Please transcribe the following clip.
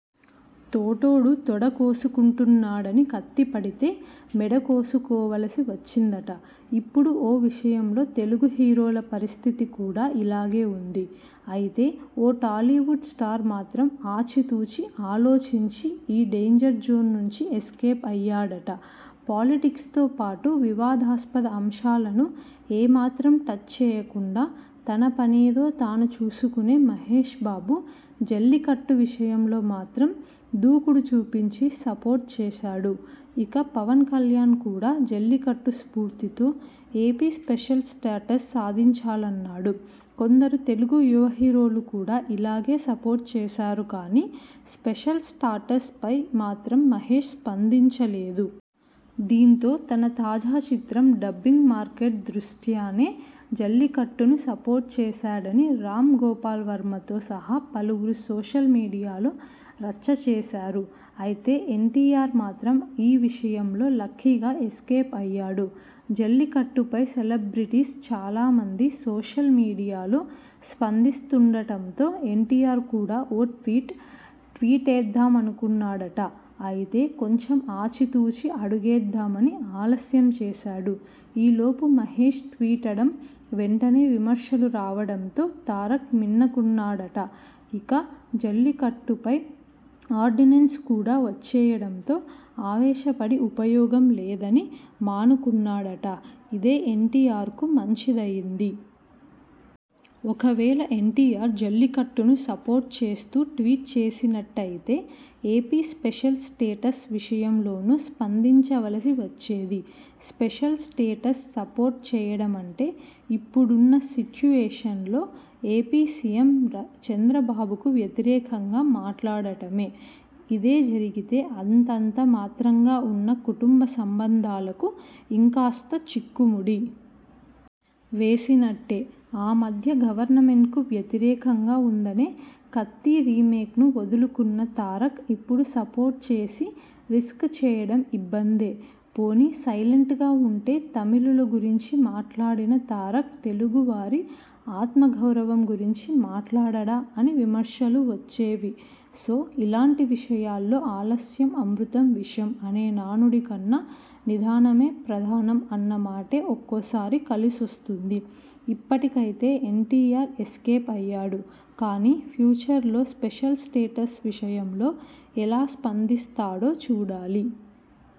తోటోడు తొడ కోసుకుంటున్నాడని కత్తి పడితే మెడ కోసుకోవలసి వచ్చిందట ఇప్పుడు ఓ విషయంలో తెలుగు హీరోల పరిస్థితి కూడా ఇలాగే ఉంది అయితే ఓ టాలీవుడ్ స్టార్ మాత్రం ఆచితూచి ఆలోచించి ఈ డేంజర్ జోన్ నుంచి ఎస్కేప్ అయ్యాడట పాలిటిక్స్తో పాటు వివాదాస్పద అంశాలను ఏమాత్రం టచ్ చేయకుండా తన పనేదో తాను చూసుకునే మహేశ్ బాబు 'జల్లికట్టు' విషయంలో మాత్రం దూకుడు చూపించి సపోర్ట్ చేశాడుఇక పవన్ కళ్యాణ్ కూడా జల్లికట్టు స్పూర్తితో ఏపీ స్పెషల్ స్టాటస్ సాధించాలన్నాడు కొందరు తెలుగు యువహీరోలు కూడా ఇలాగే సపోర్ట్ చేశారుకానీ స్పెషల్ స్టాటస్ పై మాత్రం మహేశ్ స్పందించలేదు. దీంతో తన తాజా చిత్రం డబ్బింగ్ మార్కెట్ దృష్ట్యానే జల్లికట్టును సపోర్ట్ చేశాడని రామ్ గోపాల్ వర్మతో సహా పలువురు సోషల్ మీడియాలో రచ్చ చేశారు అయితే ఎన్టీఆర్ మాత్రం ఈ విషయంలో లక్కీగా ఎస్కేప్ అయ్యాడు జల్లికట్టుపై సెలబ్రిటీస్ చాలామంది సోషల్ మీడియాలో స్పందిస్తుండడంతో ఎన్టీఆర్ కూడా ఓ ట్వీట్ ట్వేటేద్దామనుకున్నాడట అయితే కొంచెం ఆచితూచి అడుగేద్దామని ఆలస్యం చేశాడు ఈ లోపు మహేశ్ ట్వీటడం వెంటనే విమర్శలు రావడంతో తారక్ మిన్నకున్నాడట ఇక జల్లికట్టుపై ఆర్డినెన్స్ కూడా వచ్చేయడంతో ఆవేశ పడి ఉపయోగం లేదని మానుకున్నాడట ఇదే ఎన్టీఆర్కు మంచిదయింది. ఒకవేళ ఎన్టీఆర్ జల్లికట్టును సపోర్ట్ చేస్తూ ట్వీట్ చేసినట్టయితే ఏపీ స్పెషల్ స్టేటస్ విషయంలోనూ స్పందించవలసి వచ్చేది స్పెషల్ స్టేటస్ సపోర్ట్ చేయడమంటే ఇప్పుడున్న సిట్యువేషన్లో ఏపీ సీఎం చంద్రబాబుకు వ్యతిరేకంగా మాట్లాడటమే ఇదే జరిగితే అంతంత మాత్రంగా ఉన్న కుటుంబ సంబంధాలకు ఇంకాస్త చిక్కుముడి వేసినట్టే ఆ మధ్య గవర్నమెంట్కు వ్యతిరేకంగా ఉందనే 'కత్తి' రీమేక్ను వదులుకున్న తారక్ ఇప్పుడు సపోర్ట్ చేసి రిస్క్ చేయడం ఇబ్బందే పోనీ సైలెంట్గా ఉంటే తమిళుల గురించి మాట్లాడిన తారక్ తెలుగు వారి ,ఆత్మ గౌరవం గురించి మాట్లాడడా అని విమర్శలు వచ్చేవిసో ఇలాంటి విషయాల్లో ఆలస్యం అమృతం విషం అనే నానుడి కన్నా నిదానమే ప్రధానం అన్న మాటే ఒక్కోసారి కలిసొస్తుంది ఇప్పటికైతే ఎన్టీఆర్ ఎస్కేప్ అయ్యాడు కానీ ఫ్యూచర్లో స్పెషల్ స్టేటస్ విషయంలో ఎలా స్పందిస్తాడో చూడాలి.